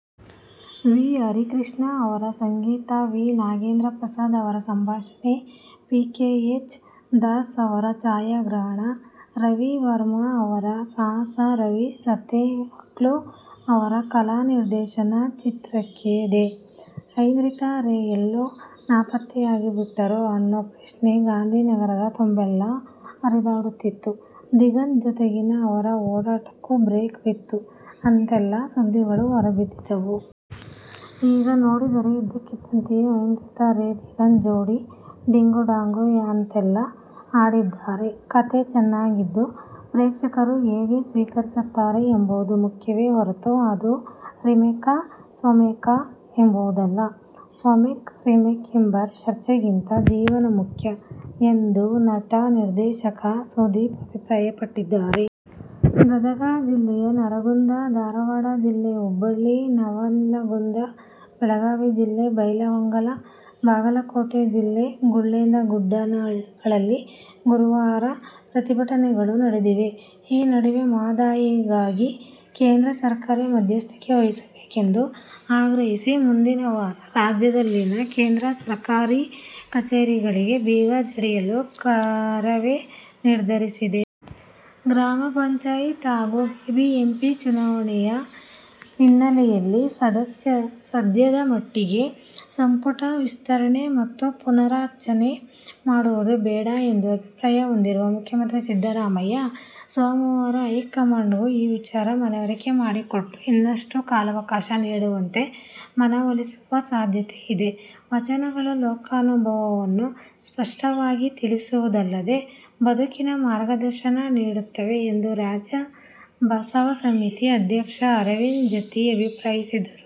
V. Harikrishna ಅವರ ಸಂಗೀತ, V. Nagendra Prasad ಅವರ ಸಂಭಾಷಣೆ, ಪಿಕೆಎಚ್ ದಾಸ್ ಅವರ ಛಾಯಾಗ್ರಹಣ, ರವಿ ವರ್ಮ ಅವರ ಸಾಹಸ, ರವಿ ಸಂತೆಹಕ್ಲು ಅವರ ಕಲಾ ನಿರ್ದೇಶನ ಚಿತ್ರಕ್ಕಿದೆ. ಐಂದ್ರಿತಾ ರೇ ಎಲ್ಲೋ ನಾಪತ್ತೆಯಾಗಿಬಿಟ್ಟರು ಅನ್ನೋ ಪ್ರಶ್ನೆ ಗಾಂಧಿನಗರದ ತುಂಬೆಲ್ಲಾ ಹರಿದಾಡುತ್ತಿತ್ತು. ದಿಗಂತ್ ಜತೆಗಿನ ಅವರ ಓಡಾಟಕ್ಕೂ ಬ್ರೇಕ್ ಬಿತ್ತು ಅಂತೆಲ್ಲಾ ಸುದ್ದಿಗಳು ಹೊರಬಿದ್ದಿದ್ದವು. ಈಗ ನೋಡಿದರೆ ಇದ್ದಕ್ಕಿದ್ದಂತೆಯೇ ಐಂದ್ರಿತಾ ರೇ, ದಿಗಂತ್ ಜತೆ ಡಿಂಗುಡಾಂಗು ಅಂತೆಲ್ಲಾ ಹಾಡಿದ್ದಾರೆ! ಕಥೆ ಚೆನ್ನಾಗಿದ್ದು, ಪ್ರೇಕ್ಷಕರು ಹೇಗೆ ಸ್ವೀಕರಿಸುತ್ತಾರೆ ಎಂಬುದು ಮುಖ್ಯವೇ ಹೊರತು ಅದು ರಿಮೇಕಾ, ಸ್ವಮೇಕಾ ಎಂಬುದಲ್ಲ. ಸ್ವಮೇಕ್, ರಿಮೇಕ್ ಎಂಬ ಚರ್ಚೆಗಿಂತ ಜೀವನ ಮುಖ್ಯ ಎಂದು ನಟ, ನಿರ್ದೇಶಕ ಸುದೀಪ ಅಭಿಪ್ರಾಯಪಟ್ಟಿದ್ದಾರೆ. ಗದಗ ಜಿಲ್ಲೆ ನರಗುಂದ, ಧಾರವಾಡ ಜಿಲ್ಲೆ ಹುಬ್ಬಳ್ಳಿ, ನವಲಗುಂದ, ಬೆಳಗಾವಿ ಜಿಲ್ಲೆ ಬೈಲಹೊಂಗಲ, ಬಾಗಲಕೋಟೆ ಜಿಲ್ಲೆ ಗುಳೇದಗುಡ್ಡಗಳಲ್ಲಿ ಗುರುವಾರಪ್ರತಿಭಟನೆಗಳು ನಡೆದಿವೆ. ಈ ನಡುವೆ ಮಹದಾಯಿಗಾಗಿ ಕೇಂದ್ರ ಸರ್ಕಾರ ಮಧ್ಯಸ್ಥಿಕೆ ವಹಿಸಬೇಕೆಂದು ಆಗ್ರಹಿಸಿ ಮುಂದಿನ ವಾರ ರಾಜ್ಯದಲ್ಲಿನ ಕೇಂದ್ರ ಸರ್ಕಾರಿ ಕಚೇರಿಗಳಿಗೆ ಬೀಗ ಜಡಿಯಲು ಕರವೇ ನಿರ್ಧರಿಸಿದೆ. ಗ್ರಾಮ ಪಂಚಾಯತ್ ಹಾಗೂ ಬಿಬಿಎಂಪಿ ಚುನಾವಣೆ ಹಿನ್ನೆಲೆಯಲ್ಲಿ ಸದ್ಯದ ಮಟ್ಟಿಗೆ ಸಂಪುಟ ವಿಸ್ತರಣೆ ಮತ್ತು ಪುನಾ ರಚನೆ ಮಾಡುವುದು ಬೇಡ ಎಂಬ ಅಭಿಪ್ರಾಯ ಹೊಂದಿರುವ ಮುಖ್ಯಮಂತ್ರಿ ಸಿದ್ದರಾಮಯ್ಯ, ಸೋಮವಾರ ಹೈಕಮಾಂಡ್ಗೂ ಈ ವಿಚಾರ ಮನವರಿಕೆ ಮಾಡಿಕೊಟ್ಟು ಇನ್ನಷ್ಟು ಕಾಲಾವಕಾಶ ನೀಡುವಂತೆ ಮನವೊಲಿಸುವ ಸಾಧ್ಯತೆ ಇದೆ. ವಚನಗಳು ಲೋಕಾನುಭವವನ್ನು ಸ್ಪಷ್ಟವಾಗಿ ತಿಳಿಸುವುದಲ್ಲದೆ, ಬದುಕಿನ ಮಾರ್ಗದರ್ಶನ ನೀಡುತ್ತವೆ ಎಂದು ರಾಜ್ಯ ಬಸವ ಸಮಿತಿ ಅಧ್ಯಕ್ಷ ಅರವಿಂದ ಜತ್ತಿ ಅಭಿಪ್ರಾಯಿಸಿದರು.